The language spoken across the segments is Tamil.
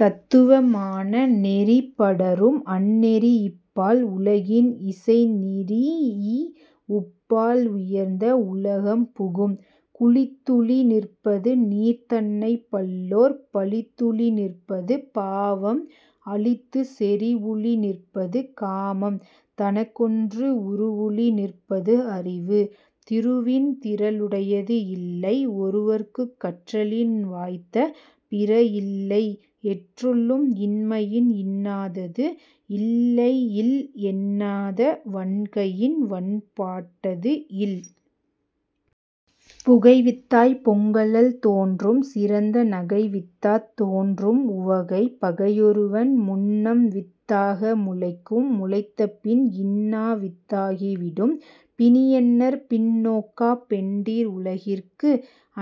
தத்துவ மான நெறிபடரும் அந்நெறி இப்பால் உலகின் இசைநிறீஇ உப்பால் உயர்ந்த உலகம் புகும். குழித்துழி நிற்பது நீர்தன்னைப் பல்லோர் பழித்துழி நிற்பது பாவம் அழித்துச் செறிவுழி நிற்பது காமம் தனக்கொன்று உறுவுழி நிற்பது அறிவு. திருவின் திறலுடையது இல்லை ஒருவற்குக் கற்றலின் வாய்த்த பிறஇல்லை எற்றுள்ளும் இன்மையின் இன்னாதது இல்லைஇல் என்னாத வன்கையின் வன்பாட்டது இல். புகைவித்தாப் பொங்கழல் தோன்றும் சிறந்த நகைவித்தாத் தோன்றும் உவகை பகையொருவன் முன்னம்வித் தாக முளைக்கும் முளைத்தபின் இன்னாவித் தாகி விடும். பிணியன்னர் பின்நோக்காப் பெண்டிர் உலகிற்கு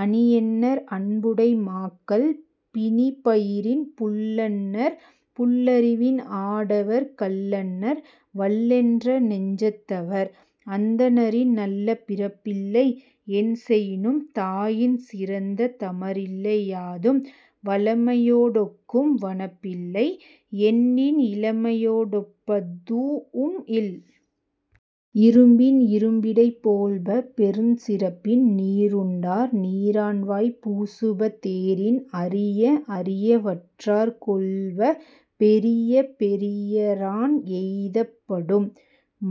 அணியன்னர் அன்புடை மாக்கள் பிணிபயிரின் புல்லன்னர் புல்லறிவின் ஆடவர் கல்லன்னர் வல்லென்ற நெஞ்சத் தவர். அந்தணரின் நல்ல பிறப்பில்லை என்செயினும் தாயின் சிறந்த தமரில்லை யாதும் வளமையோ டொக்கும் வனப்பில்லை எண்ணின் இளமையோ டொப்பதூஉம் இல். இரும்பின் இரும்பிடை போழ்ப பெருஞ்சிறப்பின் நீருண்டார் நீரான்வாய் பூசுப தேரின் அரிய அரியவற்றாற் கொள்ப பெரிய பெரியரான் எய்தப் படும்.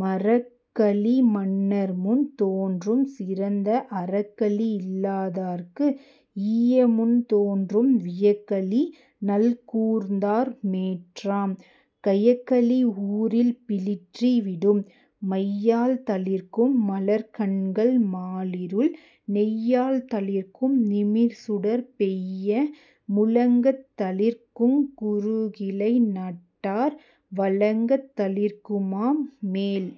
மறக்களி மன்னர்முன் தோன்றும் சிறந்த அறக்களி இல்லாதார்க்கு ஈயமுன் தோன்றும் வியக்களி நல்கூர்ந்தார் மேற்றாம் கயக்களி ஊரில் பிளிற்றி விடும். மையால் தளிர்க்கும் மலர்க்கண்கள் மாலிருள் நெய்யால் தளிர்க்கும் நிமிர்சுடர் பெய்ய முழங்கத் தளிர்க்குங் குருகிலை நட்டார் வழங்கத் தளிர்க்குமாம் மேல்.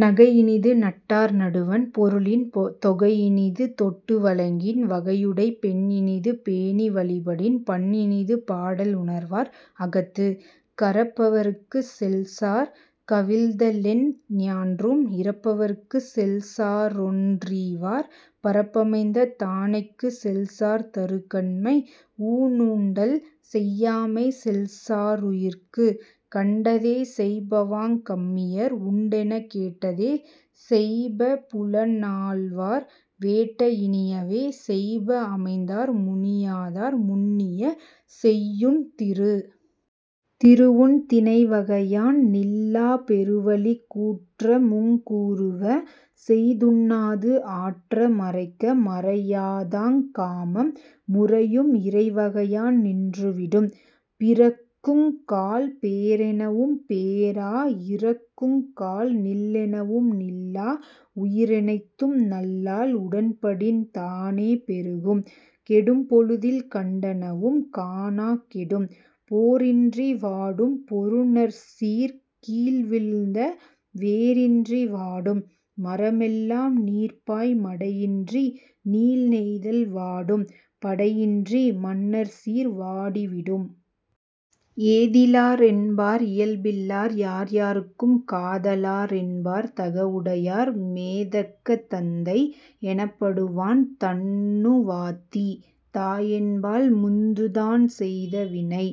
நகைஇனிது நட்டார் நடுவண் பொருளின் தொகைஇனிது தொட்டு வழங்கின் வகையுடைப் பெண்இனிது பேணி வழிபடின் பண்இனிது பாடல் உணர்வார் அகத்து. கரப்பவர்க்குச் செல்சார் கவிழ்தலெஞ் ஞான்றும் இரப்பவர்க்குச் செல்சாரொன் றீவார் பரப்பமைந்த தானைக்குச் செல்சார் தறுகண்மை ஊனுண்டல் செய்யாமை செல்சா ருயிர்க்கு. கண்டதே செய்பவாங் கம்மியர் உண்டெனக் கேட்டதே செய்ப புலனாள்வார் வேட்ட இனியவே செய்ப அமைந்தார் முனியாதார் முன்னிய செய்யுந் திரு. திருவுந் திணைவகையான் நில்லாப் பெருவலிக் கூற்றமுங் கூறுவ செய்துண்ணாது ஆற்ற மறைக்க மறையாதாங் காமம் முறையும் இறைவகையான் நின்று விடும். பிறக்குங்கால் பேரெனவும் பேரா இறக்குங்கால் நில்லெனவும் நில்லா உயிரெனைத்தும் நல்லாள் உடன்படின் தானே பெருகும் கெடும்பொழுதில் கண்டனவும் காணாக் கெடும். போரின்றி வாடும் பொருநர்சீர் கீழ்வீழ்ந்த வேரின்றி வாடும் மரமெல்லாம் நீர்பாய் மடையின்றி நீள்நெய்தல் வாடும் படையின்றி மன்னர்சீர் வாடி விடும். ஏதிலா ரென்பார் இயல்பில்லார் யார்யார்க்கும் காதலா ரென்பார் தகவுடையார் மேதக்க தந்தை யெனப்படுவான் தன்னுவாத்தி தாயென்பாள் முந்துதான் செய்த வினை.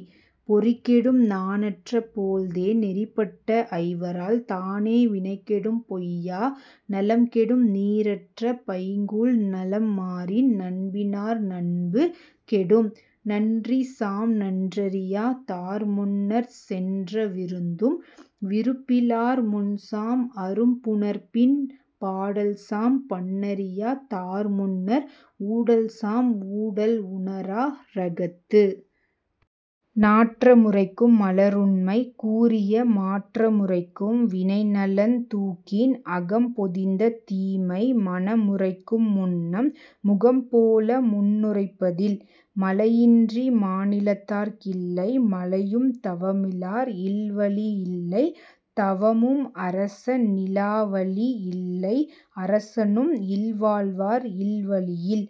பொறிகெடும் நாணற்ற போழ்தே நெறிபட்ட ஐவரால் தானே வினைகெடும் பொய்யா நலம்கெடும் நீரற்ற பைங்கூழ் நலம்மாறின் நண்பினார் நண்பு கெடும். நன்றிசாம் நன்றறியா தார்முன்னர்ச் சென்ற விருந்தும் விருப்பிலார் முன்சாம் அரும்புணர்ப்பின் பாடல்சாம் பண்ணறியா தார்முன்னர் ஊடல்சாம் ஊடல் உணரா ரகத்து. நாற்ற முரைக்கும் மலருண்மை கூறிய மாற்ற முரைக்கும் வினைநலந் தூக்கின் அகம்பொதிந்த தீமை மனமுரைக்கும் முன்னம் முகம்போல முன்னுரைப்ப தில். மழையின்றி மாநிலத்தார்க் கில்லை மழையும் தவமிலார் இல்வழி இல்லை தவமும் அரச னிலாவழி இல்லை அரசனும் இல்வாழ்வார் இல்வழி யில்.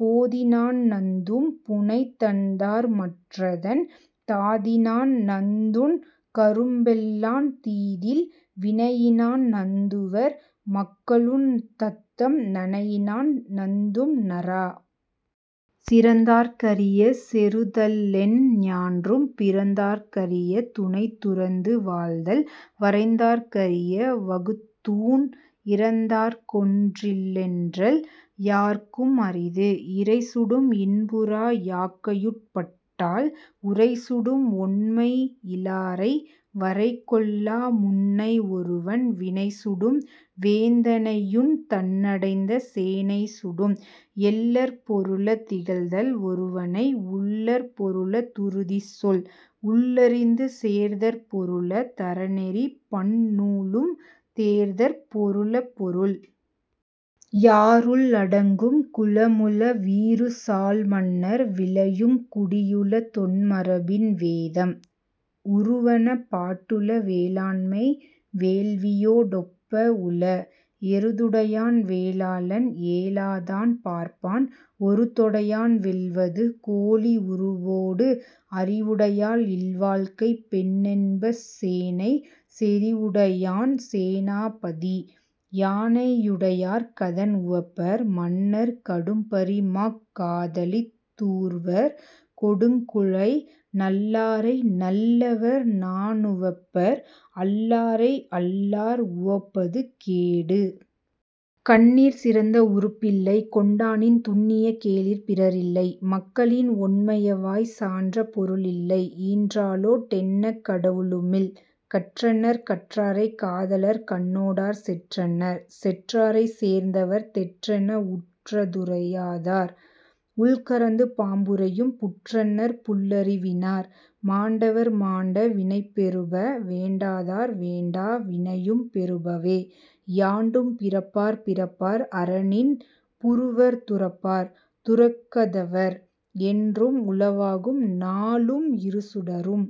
போதினான் நந்தும் புனைதண்தார் மற்றதன் தாதினான் நந்துஞ் கரும்பெல்லாந் தீதில் வினையினான் நந்துவர் மக்களுந் தத்தம் நனையினான் நந்தும் நறா. சிறந்தார்க் கரிய செறுதலெஞ் ஞான்றும் பிறந்தார்க் கரிய துணைதுறந்து வாழ்தல் வரைந்தார்க் கரிய வகுத்தூண் இரந்தார்க்கொன் றில்லென்றல் யார்க்கும் அரிது. இரைசுடும் இன்புறா யாக்கையுட் பட்டால் உரைசுடும் ஒண்மை யிலாரை வரைகொள்ளா முன்னை ஒருவன் வினைசுடும் வேந்தனையுந் தன்னடைந்த சேனை சுடும். எள்ளற் பொருள திகழ்தல் ஒருவனை உள்ளற் பொருள துறுதிச்சொல் உள்ளறிந்து சேர்தற் பொருள தறநெறி பன்னூலும் தேர்தற் பொருள பொருள். யாறுள் அடங்கும் குளமுள வீறுசால் மன்னர் விழையுங் குடியுள தொன்மரபின் வேதம் உறுவன பாட்டுள வேளாண்மை வேள்வியோ டொப்ப உள. எருதுடையான் வேளாளன்; ஏலாதான் பார்ப்பான்; ஒருதொடையான் வெல்வது கோழி உருபோடு அறிவுடையாள் இல்வாழ்க்கைப் பெண்ணென்ப சேனைச் செறிவுடையான் சேனா பதி. யானை யுடையார் கதன்உவப்பர் மன்னர் கடும்பரிமாக் காதலித் தூர்வர் கொடுங்குழை நல்லாரை நல்லவர் நாணுவப்பர் அல்லாரை அல்லார் உவப்பது கேடு. கண்ணிற் சிறந்த உறுப்பில்லை கொண்டானின் துன்னிய கேளிர் பிறரில்லை மக்களின் ஒண்மையவாய்ச் சான்ற பொருளில்லை ஈன்றாளோ டெண்ணக் கடவுளு மில். கற்றன்னர் கற்றாரைக் காதலர் கண்ணோடார் செற்றன்னர் செற்றாரைச் சேர்ந்தவர் தெற்றென உற்ற துரையாதார் உள்கரந்து பாம்புறையும் புற்றன்னர் புல்லறிவி னார். மாண்டவர் மாண்ட வினைபெறுப வேண்டாதார் வேண்டா வினையும் பெறுபவே யாண்டும் பிறப்பார் பிறப்பார் அறனின் புறுவர் துறப்பார் துறக்கத் தவர். என்றும் உளவாகும் நாளும் இருசுடரும்।